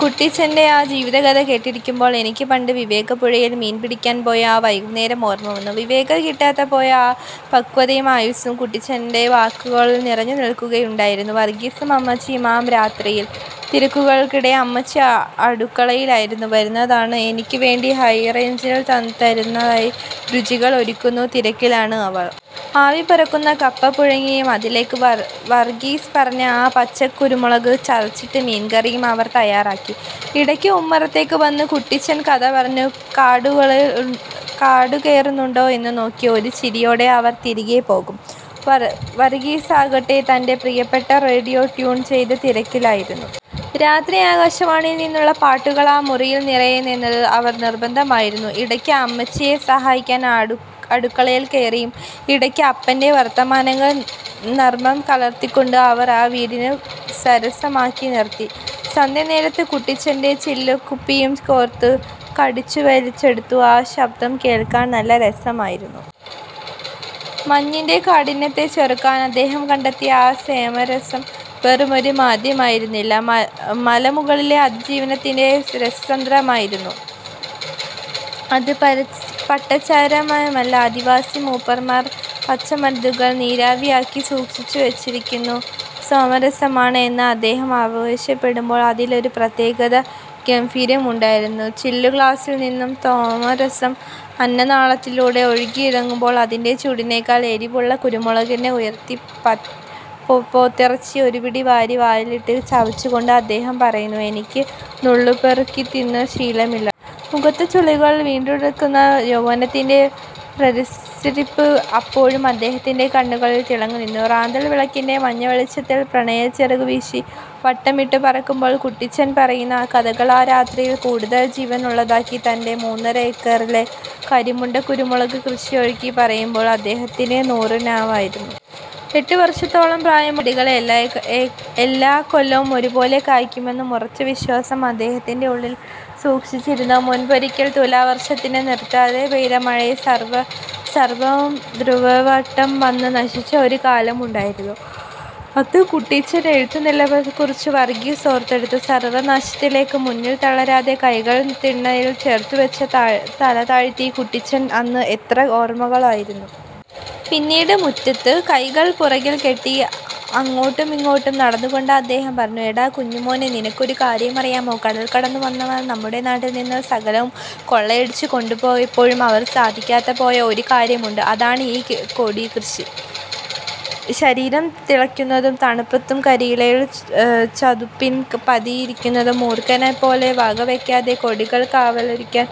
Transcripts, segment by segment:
കുട്ടിച്ചന്റെ ആ ജീവിതകഥ കേട്ടിരിക്കുമ്പോൾ, എനിക്ക് പണ്ട് വിവേക് പുഴയിൽ മീൻ പിടിക്കാൻ പോയ ആ വൈകുന്നേരം ഓർമ്മ വന്നു. വിവേകിന് കിട്ടാതെ പോയ ആ പക്വതയും ആയുസ്സും കുട്ടിച്ചന്റെ വാക്കുകളിൽ നിറഞ്ഞുനിൽക്കുകയുണ്ടായിരുന്നു. വർഗീസും അമ്മച്ചിയും ആ രാത്രിയുടെ തിരക്കുകളിലായിരുന്നു. അമ്മച്ചി അടുക്കളയിലായിരുന്നു. വിരുന്നുകാരനായ എനിക്കു വേണ്ടി ഹൈറേഞ്ചിന്റെ തനതായ രുചികൾ ഒരുക്കുന്ന തിരക്കിലായിരുന്നു അവർ. ആവി പറക്കുന്ന കപ്പ പുഴുങ്ങിയതും, അതിലേക്ക് വർഗീസ് പറഞ്ഞ ആ 'പച്ചക്കുരുമുളക്' ചതച്ചിട്ട മീൻകറിയും അവർ തയ്യാറാക്കി. ഇടയ്ക്ക് ഉമ്മറത്തേക്ക് വന്ന്, കുട്ടിച്ചൻ കഥ പറഞ്ഞു കാടുകയറുന്നുണ്ടോ എന്ന് നോക്കി ഒരു ചിരിയോടെ അവർ തിരികെ പോകും. വർഗീസാകട്ടെ, തന്റെ പ്രിയപ്പെട്ട റേഡിയോ ട്യൂൺ ചെയ്യുന്ന തിരക്കിലായിരുന്നു. രാത്രിയിലെ ആകാശവാണിയിൽ നിന്നുള്ള പാട്ടുകൾ ആ മുറിയിൽ നിറയണം എന്നത് അവന് നിർബന്ധമായിരുന്നു. ഇടയ്ക്ക് അമ്മച്ചിയെ സഹായിക്കാൻ അടുക്കളയിൽ കയറിയും, ഇടയ്ക്ക് അപ്പന്റെ വർത്തമാനങ്ങളിൽ നർമ്മം കലർത്തിക്കൊണ്ടും അവൻ ആ വീടിനെ സരസമാക്കി നിർത്തി. സന്ധ്യാനേരത്ത് കുട്ടിച്ചന്റെ ചില്ലുകുപ്പിയുടെ കോർക്ക് കടിച്ചുവലിച്ചെടുക്കുന്ന ആ ശബ്ദം കേൾക്കാൻ നല്ല രസമായിരുന്നു. മഞ്ഞിന്റെ കാഠിന്യത്തെ ചെറുക്കാൻ അദ്ദേഹം കണ്ടെത്തിയ ആ സോമരസം വെറുമൊരു മദ്യമായിരുന്നില്ല, മലമുകളിലെ അതിജീവനത്തിന്റെ രസതന്ത്രമായിരുന്നു. "ഇത് പട്ടച്ചാരായമല്ലട... ആദിവാസി മൂപ്പന്മാർ പച്ചമരുന്നുകൾ നീരാവിയാക്കി സൂക്ഷിച്ചുവെച്ചിരിക്കുന്ന സോമരസമാണ്" എന്ന് അദ്ദേഹം അവകാശപ്പെടുമ്പോൾ അതിലൊരു പ്രത്യേക ഗാംഭീര്യമുണ്ടായിരുന്നു. ചില്ലുഗ്ലാസിൽനിന്ന് സോമരസം അന്നനാളത്തിലൂടെ ഒഴുകിയിറങ്ങുമ്പോൾ, അതിന്റെ ചൂടിനേക്കാൾ എരിവുള്ള കുരുമുളകിട്ട് ഉലർത്തിയ പോത്തിറച്ചി ഒരുപിടി വാരി വായിലിട്ട് ചവച്ചുകൊണ്ട് അദ്ദേഹം പറയും, "എനിക്ക് നുള്ളിപ്പെറുക്കി തിന്ന് ശീലമില്ലെടാ. " മുഖത്ത് ചുളിവുകൾ വീണിട്ടുണ്ടെങ്കിലും യൗവനത്തിന്റെ പ്രസരിപ്പ് അപ്പോഴും അദ്ദേഹത്തിന്റെ കണ്ണുകളിൽ തിളങ്ങിനിന്നു. റാന്തൽ വിളക്കിന്റെ മഞ്ഞവെളിച്ചത്തിൽ പ്രണയം ചിറകുവീശി വട്ടമിട്ടു പറക്കുമ്പോൾ കുട്ടിച്ചൻ പറയുന്ന കഥകൾ ആ രാത്രിയെ കൂടുതൽ ജീവനുള്ളതാക്കി. തന്റെ മൂന്നര ഏക്കറിലെ കരിമുണ്ട കുരുമുളക് കൃഷിയെക്കുറിച്ച് പറയുമ്പോൾ അദ്ദേഹത്തിന് നൂറുനാവായിരുന്നു. എട്ടു വർഷത്തോളം പ്രായമുള്ള ആ ചെടികൾ എല്ലാക്കൊല്ലവും ഒരുപോലെ കായ്ക്കുമെന്ന ഉറച്ച വിശ്വാസം അദ്ദേഹം ഉള്ളിൽ സൂക്ഷിച്ചിരുന്നു. മുൻപൊരിക്കൽ തുലാവർഷക്കാലത്ത്, നിർത്താതെ പെയ്ത മഴയിൽ സർവ്വവും ദ്രുതവാട്ടം വന്ന് നശിച്ച ഒരു കാലമുണ്ടായിരുന്നു. അന്ന് കുട്ടിച്ചൻ എടുത്ത നിലപാടിനെക്കുറിച്ച് വർഗീസ് ഓർത്തെടുത്തു. സർവ്വനാശത്തിന് മുന്നിലും തളരാതെ, കൈകൾ തിണ്ണയിൽ ചേർത്തുവെച്ച് തലതാഴ്ത്തി കുട്ടിച്ചൻ അന്ന് എത്ര ഓർമ്മകളിലായിരുന്നു. പിന്നീട് മുറ്റത്ത് കൈകൾ പുറകിൽ കെട്ടി അങ്ങോട്ടുമിങ്ങോട്ടും നടന്നുകൊണ്ട് അദ്ദേഹം പറഞ്ഞു: "എടാ കുഞ്ഞുമോനെ, നിനക്കൊരു കാര്യം അറിയാമോ? കടൽ കടന്നുവന്നവന്മാർ നമ്മുടെ നാട്ടിൽ നിന്ന് സകലതും കൊള്ളയടിച്ചു കൊണ്ടുപോയപ്പോഴും അവർക്ക് സാധിക്കാതെ പോയ ഒരു കാര്യമുണ്ട്—അതാണ് ഈ കൊടികൃഷി. ശരീരം തുളയ്ക്കുന്ന തണുപ്പത്ത്, കരിയിലകളുടെ ചതുപ്പിൽ പതിയിരിക്കുന്ന മൂർഖനെപ്പോലും വകവെക്കാതെ കൊടികൾക്ക് കാവലിരിക്കാൻ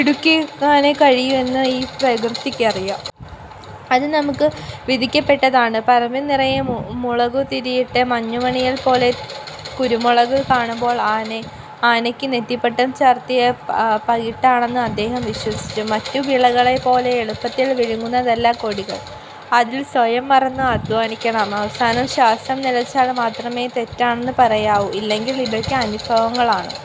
ഇടുക്കിക്കാരനേ കഴിയൂ എന്ന് ഈ പ്രകൃതിക്കറിയാം. അത് നമുക്ക് വിധിക്കപ്പെട്ടതാണ്. " പറമ്പുനിറയെ മുളക്കുതിരിയിട്ട്, മഞ്ഞുമണികൾ പോലെ തിളങ്ങുന്ന കുരുമുളക് കാണുമ്പോൾ ആനയ്ക്ക് നെറ്റിപ്പട്ടം ചാർത്തിയ പകിട്ടാണെന്ന് അദ്ദേഹം വിശ്വസിച്ചു. മറ്റു വിളകളെപ്പോലെ എളുപ്പത്തിൽ വഴങ്ങുന്നതല്ല കൊടികൾ; അതിന് സ്വയം മറന്ന് അധ്വാനിക്കണം. "അവസാന ശ്വാസം നിലച്ചാൽ മാത്രമേ തോറ്റെന്ന് പറയാനാവൂ, ഇല്ലെങ്കിൽ ഇതൊക്കെ അനുഭവങ്ങളാണ്.